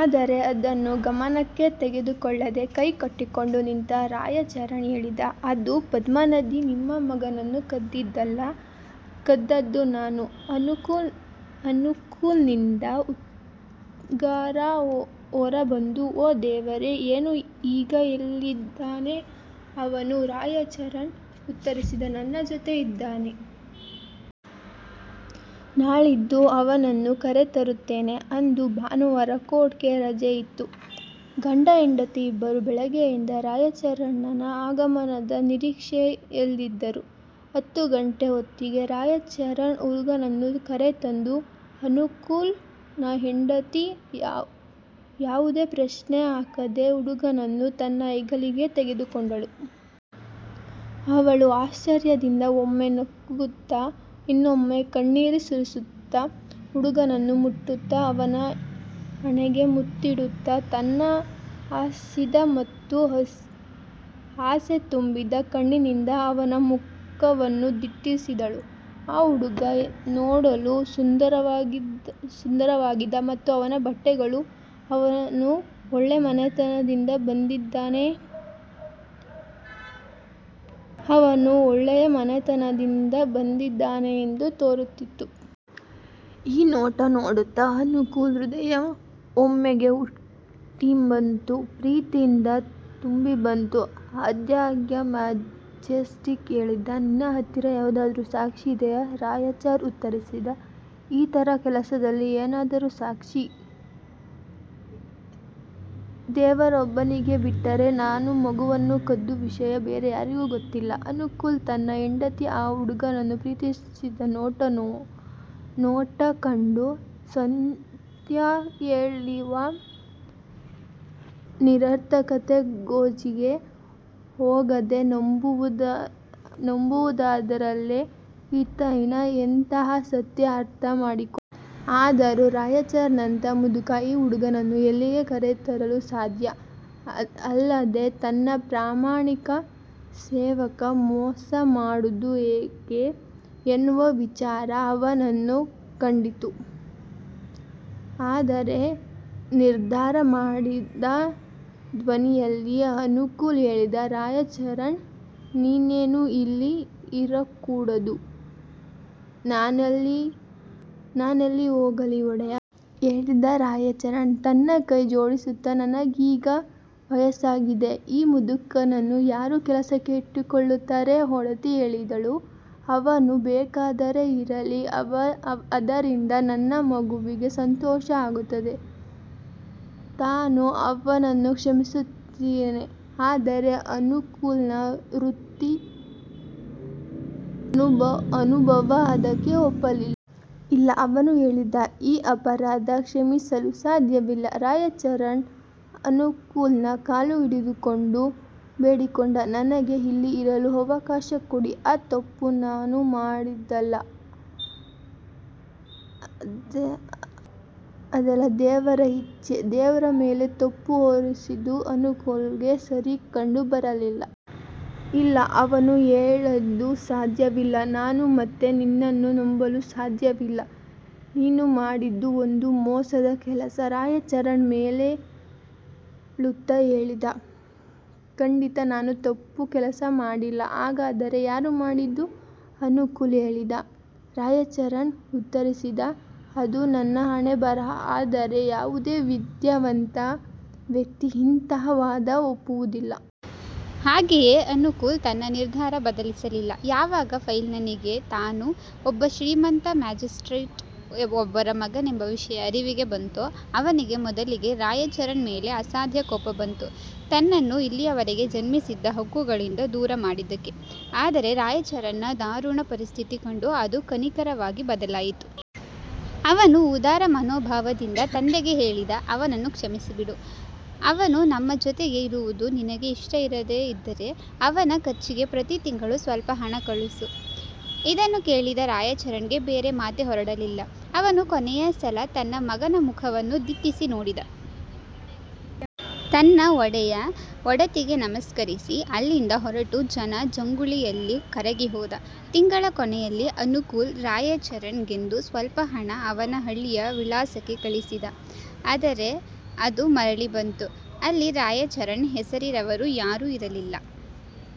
ಆದರೆ ಅದನ್ನು ಗಮನಕ್ಕೆ ತೆಗೆದುಕೊಳ್ಳದೆ, ಕೈ ಕಟ್ಟಿಕೊಂಡು ನಿಂತ ರಾಯಚರಣ್ ಹೇಳಿದ "ಅಂದು ಪದ್ಮ ನದಿ ನಿಮ್ಮ ಮಗುವನ್ನು ಕದಿಯಲಿಲ್ಲ. ಕದ್ದದ್ದು ನಾನು" ಅನುಕೂಲ್ ನಿಂದ ಉದ್ಗಾರ ಹೊರ ಬಂತು "ಓ ದೇವರೇ! ಏನು ಈಗ ಎಲ್ಲಿದ್ದಾನೆ ಅವನು? " ರಾಯಚರಣ್ ಉತ್ತರಿಸಿದ "ನನ್ನ ಜೊತೆಯಲ್ಲಿ ಇದ್ದಾನೆ. ನಾಳಿದ್ದು ಅವನನ್ನು ಕರೆ ತರುತ್ತೇನೆ" ಅಂದು ಭಾನುವಾರ. ಕೋರ್ಟ್ ಗೆ ರಜೆ ಇತ್ತು. ಗಂಡ ಹೆಂಡತಿ ಇಬ್ಬರೂ ಬೆಳಿಗ್ಗೆಯಿಂದ ರಾಯಚರಣ್ ನ ಆಗಮನದ ನೀರಿಕ್ಷೆಯಲ್ಲಿದ್ದರು. ಹತ್ತು ಗಂಟೆ ಹೊತ್ತಿಗೆ, ರಾಯಚರಣ್ ಹುಡುಗನನ್ನು ಕರೆ ತಂದ. ಅನುಕೂಲ್ ನ ಹೆಂಡತಿ, ಯಾವುದೇ ಪ್ರಶ್ನೆ ಹಾಕದೇ, ಹುಡುಗನನ್ನು ತನ್ನ ಹೆಗಲಿಗೆ ತೆಗೆದುಕೊಂಡಳು. ಅವಳು ಆಶ್ಚರ್ಯದಿಂದ, ಒಮ್ಮೆ ನಗುತ್ತ, ಇನ್ನೊಮ್ಮೆ ಕಣ್ಣೀರು ಸುರಿಸುತ್ತ, ಹುಡುಗನನ್ನು ಮುಟ್ಟುತ್ತ, ಅವನ ಹಣೆಗೆ ಮುತ್ತಿಡುತ್ತ, ತನ್ನ ಹಸಿದ ಮತ್ತು ಆಸೆ ತುಂಬಿದ ಕಣ್ಣುಗಳಿಂದ ಅವನ ಮುಖವನ್ನು ದಿಟ್ಟಿಸಿದಳು. ಆ ಹುಡುಗ ನೋಡಲು ಸುಂದರವಾಗಿದ್ದ ಮತ್ತು ಅವನ ಬಟ್ಟೆಗಳು ಅವನು ಒಳ್ಳೆಯ ಮನೆತನದಿಂದ ಬಂದಿದ್ದಾನೆ ಎಂದು ತೋರುತ್ತಿತ್ತು. ಈ ನೋಟ ನೋಡುತ್ತ ಅನುಕೂಲ್ ನ ಹೃದಯ ಒಮ್ಮೆಗೆ ಹುಟ್ಟಿ ಬಂದ ಪ್ರೀತಿಯಿಂದ ತುಂಬಿ ಬಂತು. ಆದಾಗ್ಯೂ ಮ್ಯಾಜಿಸ್ಟ್ರೇಟ್ ಕೇಳಿದ "ನಿನ್ನ ಹತ್ತಿರ ಯಾವುದಾದರೂ ಸಾಕ್ಷಿ ಇದೆಯಾ? " ರಾಯಚರಣ್ ಉತ್ತರಿಸಿದ "ಇಂತಹ ಕೆಲಸಗಳಿಗೆ ಎಲ್ಲಿಯ ಸಾಕ್ಷಿ? ದೇವರೋಬ್ಬನಿಗೆ ಬಿಟ್ಟರೆ, ನಾನು ಮಗುವನ್ನು ಕದ್ದ ವಿಷಯ ಬೇರೆ ಯಾರಿಗೂ ಗೊತ್ತಿಲ್ಲ" ಅನುಕೂಲ್ ತನ್ನ ಹೆಂಡತಿ ಆ ಹುಡುಗನನ್ನು ಪ್ರೀತಿಯಿಂದ ನೋಡುವ ನೋಟ ಕಂಡು, ಸಾಕ್ಷ್ಯ ಕೇಳುವ ನಿರರ್ಥಕತೆಯ ಗೋಜಿಗೆ ಹೋಗದೇ ನಂಬುವುದರಲ್ಲೇ ಹಿತವಿದೆ ಎನ್ನುವ ಸತ್ಯ ಅರ್ಥ ಮಾಡಿಕೊಂಡ. ಆದರೂ ರಾಯಚರಣ್ ನಂಥ ಮುದುಕ ಈ ಹುಡುಗನ್ನು ಎಲ್ಲಿಂದ ಕರೆ ತರಲು ಸಾಧ್ಯ? ಅಲ್ಲದೆ ತನ್ನ ಪ್ರಾಮಾಣಿಕ ಸೇವಕ ಮೋಸ ಮಾಡಿದ್ದು ಯಾಕೆ? ಎನ್ನುವ ವಿಚಾರ ಅವನನ್ನು ಕಾಡಿತು. "ಆದರೆ" ನಿರ್ಧಾರ ಮಾಡಿದ ಧ್ವನಿಯಲ್ಲಿ ಅನುಕೂಲ್ ಹೇಳಿದ "ರಾಯಚರಣ್, ನೀನಿನ್ನೂ, ಇಲ್ಲಿ ಇರಕೂಡದು" "ನಾನೆಲ್ಲಿ ಹೋಗಲಿ, ಒಡೆಯ? " ಕೇಳಿದ ರಾಯಚರಣ್ ತನ್ನ ಕೈ ಜೋಡಿಸುತ್ತ "ನನಗೀಗ ವಯಸ್ಸಾಗಿದೆ. ಈ ಮುದುಕನನ್ನು ಯಾರು ಕೆಲಸಕ್ಕೆ ಇಟ್ಟು ಕೊಳ್ಳುತ್ತಾರೆ? " ಒಡತಿ ಹೇಳಿದಳು "ಅವನು ಬೇಕಾದರೆ ಇರಲಿ. ಅದರಿಂದ ನನ್ನ ಮಗುವಿಗೆ ಸಂತೋಷ ಆಗುತ್ತೆ. ನಾನು ಅವನನ್ನು ಕ್ಷಮಿಸಿದ್ದೇನೆ" ಆದರೆ ಅನುಕೂಲ್ ನ ವೃತ್ತಿ ಅನುಭವ ಅದಕ್ಕೆ ಒಪ್ಪಲಿಲ್ಲ. "ಇಲ್ಲ" ಅವನು ಹೇಳಿದ "ಈ ಅಪರಾಧ ಕ್ಷಮಿಸಲು ಸಾಧ್ಯವಿಲ್ಲ" ರಾಯಚರಣ್ ಅನುಕೂಲ್ ನ ಕಾಲು ಹಿಡಿದುಕೊಂಡು ಬೇಡಿಕೊಂಡ "ನನಗೆ ಇಲ್ಲಿ ಇರಲು ಅವಕಾಶ ಕೊಡಿ. ಆ ತಪ್ಪು ನಾನು ಮಾಡಿದ್ದಲ್ಲ. ಅದೆಲ್ಲ ದೇವರಿಚ್ಚೆ" ದೇವರ ಮೇಲೆ ತಪ್ಪು ಹೊರಿಸಿದ್ದು ಅನುಕೂಲ್ ಗೆ ಸರಿ ಕಂಡು ಬರಲಿಲ್ಲ. "ಇಲ್ಲ" ಅವನು ಹೇಳಿದ "ಸಾಧ್ಯವಿಲ್ಲ. ನಾನು ಮತ್ತೆ ನಿನ್ನನ್ನು ನಂಬಲು ಸಾಧ್ಯವಿಲ್ಲ. ನೀನು ಮಾಡಿದ್ದು ಒಂದು ಮೋಸದ ಕೆಲಸ" ರಾಯಚರಣ್ ಮೇಲೇಳುತ್ತ ಹೇಳಿದ "ಖಂಡಿತ ನಾನು ತಪ್ಪು ಕೆಲಸ ಮಾಡಿಲ್ಲ" "ಹಾಗಾದರೆ ಯಾರು ಮಾಡಿದ್ದು? " ಅನುಕೂಲ್ ಕೇಳಿದ. ರಾಯಚರಣ್ ಉತ್ತರಿಸಿದ "ಅದು ನನ್ನ ಹಣೆ ಬರಹ" ಆದರೆ ಯಾವುದೇ ವಿದ್ಯಾವಂತ ವ್ಯಕ್ತಿ ಇಂತಹ ವಾದ ಒಪ್ಪುವುದಿಲ್ಲ. ಹಾಗೆಯೇ ಅನುಕೂಲ್ ತನ್ನ ನಿರ್ಧಾರ ಬದಲಿಸಲಿಲ್ಲ. ಯಾವಾಗ ಫೈಲ್ನ ನಿಗೆ ತಾನು ಒಬ್ಬ ಶ್ರೀಮಂತ ಮ್ಯಾಜಿಸ್ಟ್ರೇಟ್ ಒಬ್ಬರ ಮಗನೆಂಬ ವಿಷಯ ಅರಿವಿಗೆ ಬಂತೋ, ಅವನಿಗೆ ಮೊದಲಿಗೆ ರಾಯಚರಣ್ ಮೇಲೆ ಅಸಾಧ್ಯ ಕೋಪ ಬಂತು, ತನ್ನನ್ನು ಇಲ್ಲಿಯವರೆಗೆ ಜನ್ಮಸಿದ್ಧ ಹಕ್ಕುಗಳಿಂದ ದೂರ ಮಾಡಿದ್ದಕ್ಕೆ. ಆದರೆ ರಾಯಚರಣ್ ನ ದಾರುಣ ಪರಿಸ್ಥಿತಿ ಕಂಡು ಅದು ಕನಿಕರವಾಗಿ ಬದಲಾಯಿತು. ಅವನು ಉದಾರ ಮನೋಭಾವದಿಂದ ತಂದೆಗೆ ಹೇಳಿದ "ಅವನನ್ನು ಕ್ಷಮಿಸಿಬಿಡು. ಅವನು ನಮ್ಮ ಜೊತೆಗೆ ಇರುವುದು ನಿನಗೆ ಇಷ್ಟ ಇರದೇ ಇದ್ದರೇ, ಅವನ ಖರ್ಚಿಗೆ ಪ್ರತಿ ತಿಂಗಳು ಸ್ವಲ್ಪ ಹಣ ಕಳಿಸು" ಇದನ್ನು ಕೇಳಿದ ರಾಯಚರಣ್ ಗೆ ಬೇರೆ ಮಾತೇ ಹೊರಡಲಿಲ್ಲ. ಅವನು ಕೊನೆಯ ಸಲ ತನ್ನ ಮಗನ ಮುಖವನ್ನು ದಿಟ್ಟಿಸಿ ನೋಡಿದ. ತನ್ನ ಒಡೆಯ, ಒಡತಿಗೆ ನಮಸ್ಕರಿಸಿ ಅಲ್ಲಿಂದ ಹೊರಟು ಜನ ಜಂಗುಳಿಯಲ್ಲಿ ಕರಗಿ ಹೋದ. ತಿಂಗಳ ಕೊನೆಯಲ್ಲಿ ಅನುಕೂಲ್ ರಾಯಚರಣ್ ಗೆಂದು ಸ್ವಲ್ಪ ಹಣ ಅವನ ಹಳ್ಳಿಯ ವಿಳಾಸಕ್ಕೆ ಕಳಿಸಿದ. ಆದರೆ ಅದು ಮರಳಿ ಬಂತು. ಅಲ್ಲಿ ರಾಯಚರಣ್ ಹೆಸರಿನವರು ಯಾರೂ ಇರಲಿಲ್ಲ.